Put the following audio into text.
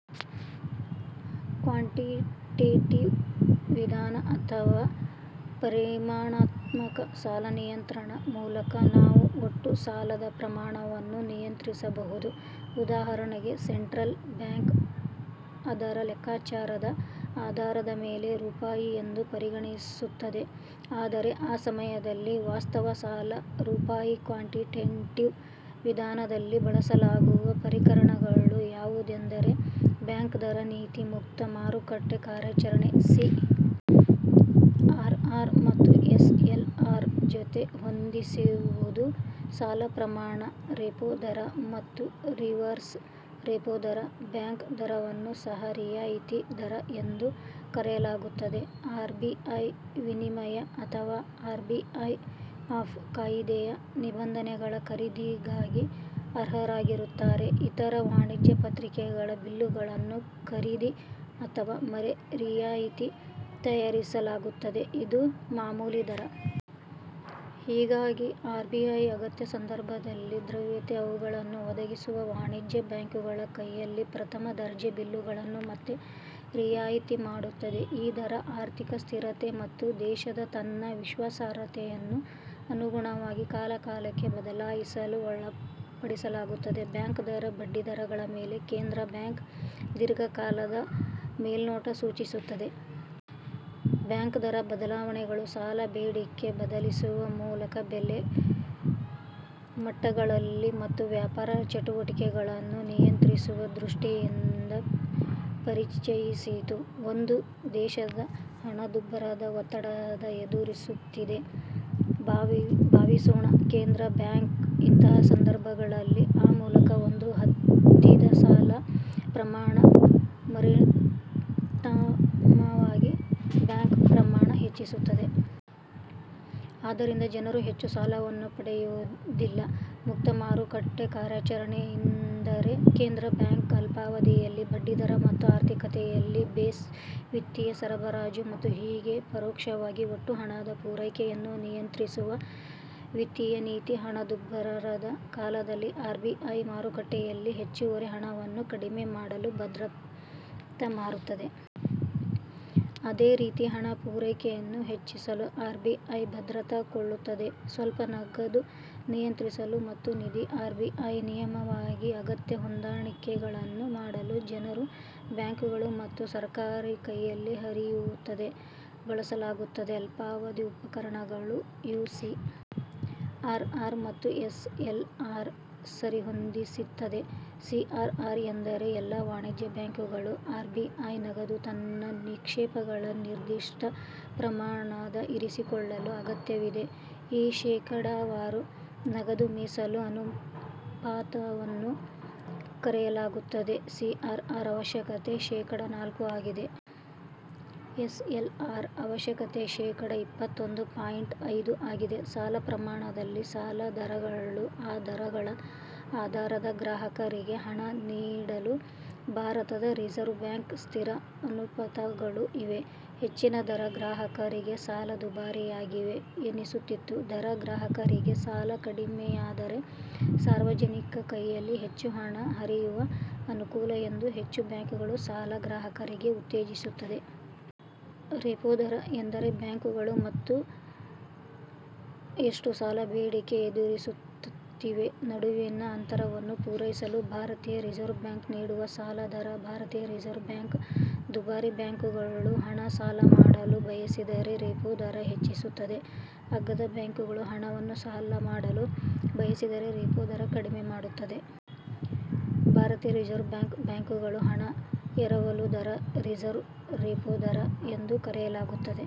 Quantitative ವಿಧಾನ ಅಥವ ಪರಿಮಾಣಾತ್ಮಕ ಸಾಲ ನಿಯಂತ್ರಣ ಮೂಲಕ ನಾವು ಒಟ್ಟು ಸಾಲದ ಪ್ರಮಾಣವನ್ನು ನಿಯಂತ್ರಿಸಬಹುದು. ಉದಾಹರಣೆಗೆ ಸೆಂಟ್ರಲ್ ಬ್ಯಾಂಕ್, ಅದರ ಲೆಕ್ಕಾಚಾರದ ಆಧಾರದ ಮೇಲೆ ರೂಪಾಯಿ ಎಂದು ಪರಿಗಣಿಸುತ್ತದೆ. ಆದರೆ ಆ ಸಮಯದಲ್ಲಿ ವಾಸ್ತವ ಸಾಲ ರೂಪಾಯಿ ಕ್ವಾಂಟಿಟೇಟಿವ್ ವಿಧಾನದಲ್ಲಿ ಬಳಸಲಾಗುವ ಪರಿಕರಗಳು ಯಾವುದೆಂದರೆ ಬ್ಯಾಂಕ್ ದರ ನೀತಿ, ಮುಕ್ತ ಮಾರುಕಟ್ಟೆ ಕಾರ್ಯಾಚರಣೆ, ಸಿ. ಆರ್. ಆರ್ ಮತ್ತು ಎಸ್. ಎಲ್. ಆರ್ ಜೊತೆ ಹೊಂದಿಸುವುದು, ಸಾಲ ಪ್ರಮಾಣ, ರೆಪೋ ದರ, ಮಾತ್ತು ರಿವರ್ಸ್ ರೆಪೋ ದರ. ಬ್ಯಾಂಕ್ ದರವನ್ನು ಸಹ ರಿಯಾಯಿತಿ ದರ ಎಂದು ಕರೆಯಲಾಗುತ್ತದೆ. ಆರ್ ಬಿ ಐ ವಿನಿಮಯ ಅಥವಾ ಆರ್ ಬಿ ಐ ಆಫ್ ಕಾಯಿದೆಯ ನಿಬಂಧನೆಗಳ ಖರೀದಿಗಾಗಿ ಅರ್ಹರಾಗಿರುತ್ತಾರೆ ಇತರ ವಾಣಿಜ್ಯ ಪತ್ರಿಕೆಗಳ ಬಿಲ್ಲುಗಳನ್ನು ಖರೀದಿ ಅಥವಾ ಮತ್ತೆ ರಿಯಾಯಿತಿ ತಯಾರಿಸಲಾಗುತ್ತದೆ ಇದು ಮಾಮೂಲಿ ದರ. ಹೀಗಾಗಿ ಆರ್ ಬಿ ಐ ಅಗತ್ಯ ಸಂದರ್ಭದಲ್ಲಿ ದ್ರವ್ಯತೆ ಅವುಗಳನ್ನು ಒದಗಿಸುವ ವಾಣಿಜ್ಯ ಬ್ಯಾಂಕುಗಳ ಕೈಯಲ್ಲಿ ಪ್ರಥಮ ದರ್ಜೆ ಬಿಲ್ಲುಗಳನ್ನು ಮತ್ತೆ ರಿಯಾಯಿತಿ ಮಾಡುತ್ತದೆ. ಈ ದರ ಆರ್ಥಿಕ ಸ್ಥಿರತೆ ಮತ್ತು ದೇಶದ ತನ್ನ ವಿಶ್ವಾಸಾರ್ಹತೆಯನ್ನು ಅನುಗುಣವಾಗಿ ಕಾಲಕಾಲಕ್ಕೆ ಬದಲಾಯಿಸಲು ಒಳಪಡಿಸಲಾಗುತ್ತದೆ. ಬ್ಯಾಂಕ್ ದರ ಬಡ್ಡಿದರಗಳ ಮೇಲೆ ಕೇಂದ್ರ ಬ್ಯಾಂಕ್ ದೀರ್ಘಕಾಲದ ಮೇಲ್ನೋಟ ಸೂಚಿಸುತ್ತದೆ. ಬ್ಯಾಂಕ್ ದರ ಬದಲಾವಣೆಗಳು ಸಾಲ ಬೇಡಿಕೆ ಬದಲಿಸುವ ಮೂಲಕ, ಬೆಲೆ ಮಟ್ಟಗಳಲ್ಲಿ ಮತ್ತು ವ್ಯಾಪಾರ ಚಟುವಟಿಕೆಗಳನ್ನು ನಿಯಂತ್ರಿಸುವ ದೃಷ್ಟಿಯಿಂದ ಪರಿಚಯಿಸಿತು. ಒಂದು ದೇಶದ ಹಣದುಬ್ಬರದ ಒತ್ತಡದ ಎದುರಿಸುತ್ತಿದೆ ಭಾವಿಸೋಣ. ಕೇಂದ್ರ ಬ್ಯಾಂಕ್, ಇಂತಹ ಸಂದರ್ಭಗಳಲ್ಲಿ ಆ ಮೂಲಕ ಒಂದು ಹತ್ತಿದ ಸಾಲ ಪ್ರಮಾಣ ಪರಿಣಾಮವಾಗಿ ಬ್ಯಾಂಕ್ ಪ್ರಮಾಣ ಹೆಚ್ಚಾಗುತ್ತದೆ. ಆದರಿಂದ ಜನರು ಹೆಚ್ಚು ಸಾಲವನ್ನು ಪಡೆಯುವುದಿಲ್ಲ. ಮುಕ್ತ ಮಾರುಕಟ್ಟೆ ಕಾರ್ಯಾಚರಣೆ ಇಂದರೆ ಕೇಂದ್ರ ಬ್ಯಾಂಕ್ ಅಲ್ಪಾವಧಿಯಲ್ಲಿ ಬಡ್ಡಿದರ ಮತ್ತು ಆರ್ಥಿಕತೆಯಲ್ಲಿ ಬೇಸ್ ವಿತ್ತೀಯ ಸರಬರಾಜು ಮತ್ತು ಹೀಗೆ ಪರೋಕ್ಷವಾಗಿ ಒಟ್ಟು ಹಣದ ಪೂರೈಕೆಯನ್ನು ನಿಯಂತ್ರಿಸುವ ವಿತ್ತೀಯ ನೀತಿ. ಹಣದುಬ್ಬರದ ಕಾಲದಲ್ಲಿ ಆರ್ ಬಿ ಐ ಮಾರುಕಟ್ಟೆಯಲ್ಲಿ ಹೆಚ್ಚುವರಿ ಹಣವನ್ನು ಕಡಿಮೆ ಮಾಡಲು ಭದ್ರತಾ ಮಾರುತ್ತದೆ. ಅದೇ ರೀತಿ, ಹಣ ಪೂರೈಕೆಯನ್ನು ಹೆಚ್ಚಿಸಲು ಆರ್ ಬಿ ಐ ಭದ್ರತಾ ಕೊಳ್ಳುತ್ತವೆ. ಸ್ವಲ್ಪ ನಗದು ನಿಯಂತ್ರಿಸಲು ಮತ್ತು ನಿಧಿ ಆರ್ ಬಿ ಐ ನಿಯಮಿತವಾಗಿ ಅಗತ್ಯ ಹೊಂದಾಣಿಕೆಗಳನ್ನು ಮಾಡಲು ಜನರು, ಬ್ಯಾಂಕುಗಳು ಮತ್ತು ಸರ್ಕಾರಿ ಕೈಯಲ್ಲಿ ಹರಿಯುತ್ತದೆ ಬಳಸಲಾಗುತ್ತದೆ ಅಲ್ಪಾವಧಿ ಉಪಕರಣಗಳು ಇವು ಸಿ. ಆರ್. ಆರ್ ಮತ್ತು ಎಸ್ ಎಲ್ ಆರ್ ಸರಿಹೊಂದಿಸಿತ್ತದೆ. ಸಿ. ಆರ್. ಆರ್ ಎಂದರೆ ಎಲ್ಲಾ ವಾಣಿಜ್ಯ ಬ್ಯಾಂಕುಗಳು ಆರ್ ಬಿ ಐ ನಗದು ತನ್ನ ನಿಕ್ಷೇಪಗಳ ನಿರ್ದಿಷ್ಟ ಪ್ರಮಾಣದ ಇರಿಸಿಕೊಳ್ಳಲು ಅಗತ್ಯವಿದೆ. ಈ ಶೇಕಡಾವಾರು ನಗದು ಮೀಸಲು ಅನುಪಾತವನ್ನು ಕರೆಯಲಾಗುತ್ತದೆ. ಸಿ. ಆರ್. ಆರ್ ಅವಶ್ಯಕತೆ ಶೇಕಡಾ ನಾಲ್ಕು ಆಗಿದೆ. ಎಸ್ ಎಲ್ ಆರ್ ಅವಶ್ಯಕತೆ ಶೇಕಡಾ ಇಪ್ಪತ್ತೊಂದು ಪಾಯಿಂಟ್ ಐದು ಆಗಿದೆ. ಸಾಲ ಪ್ರಮಾಣದಲ್ಲಿ ಸಾಲ ದರಗಳು ಆ ದರಗಳ ಆಧಾರದ ಗ್ರಾಹಕರಿಗೆ ಹಣ ನೀಡಲು ಭಾರತೀಯ ರಿಸರ್ವ್ ಬ್ಯಾಂಕ್ ಸ್ಥಿರ ಅನುಪಾತಗಳು ಇವೆ. ಹೆಚ್ಚಿನ ದರ ಗ್ರಾಹಕರಿಗೆ ಸಾಲ ದುಬಾರಿಯಾಗಿವೆ ಎನಿಸುತ್ತಿತ್ತು. ದರ ಗ್ರಾಹಕರಿಗೆ ಸಾಲ ಕಡಿಮೆಯಾದರೆ ಸಾರ್ವಜನಿಕ ಕೈಯಲ್ಲಿ ಹೆಚ್ಚು ಹಣ ಹರಿಯುವ ಅನುಕೂಲ ಎಂದು ಹೆಚ್ಚು ಬ್ಯಾಂಕುಗಳು ಸಾಲ ಗ್ರಾಹಕರಿಗೆ ಉತ್ತೇಜಿಸುತ್ತದೆ. ರೆಪೋ ದರ ಎಂದರೆ ಬ್ಯಾಂಕುಗಳು ಹಣ ಮತ್ತು ಎಷ್ಟು ಸಾಲ ಬೇಡಿಕೆ ಎದುರಿಸುತ್ತಿವೆ ನಡುವಿನ ಅಂತರವನ್ನು ಪೂರೈಸಲು ಭಾರತೀಯ ರಿಸರ್ವ್ ಬ್ಯಾಂಕ್ ನೀಡುವ ಸಾಲ ದರ. ಭಾರತೀಯ ರಿಸರ್ವ್ ಬ್ಯಾಂಕ್ ದುಬಾರಿ ಬ್ಯಾಂಕುಗಳು ಹಣ ಸಾಲ ಮಾಡಲು ಬಯಸಿದರೆ, ರೆಪೋ ದರ ಹೆಚ್ಚಿಸುತ್ತದೆ. ಅಗ್ಗದ ಬ್ಯಾಂಕುಗಳು ಹಣವನ್ನು ಸಾಲ ಮಾಡಲು ಬಯಸಿದರೆ ರೆಪೋ ದರ ಕಡಿಮೆ ಮಾಡುತ್ತದೆ. ಭಾರತೀಯ ರಿಸರ್ವ್ ಬ್ಯಾಂಕ್ ಬ್ಯಾಂಕುಗಳು ಹಣ ಎರವಲು ದರ ರಿವರ್ಸ್ ರೆಪೋ ದರ ಎಂದು ಕರೆಯಲಾಗುತ್ತದೆ.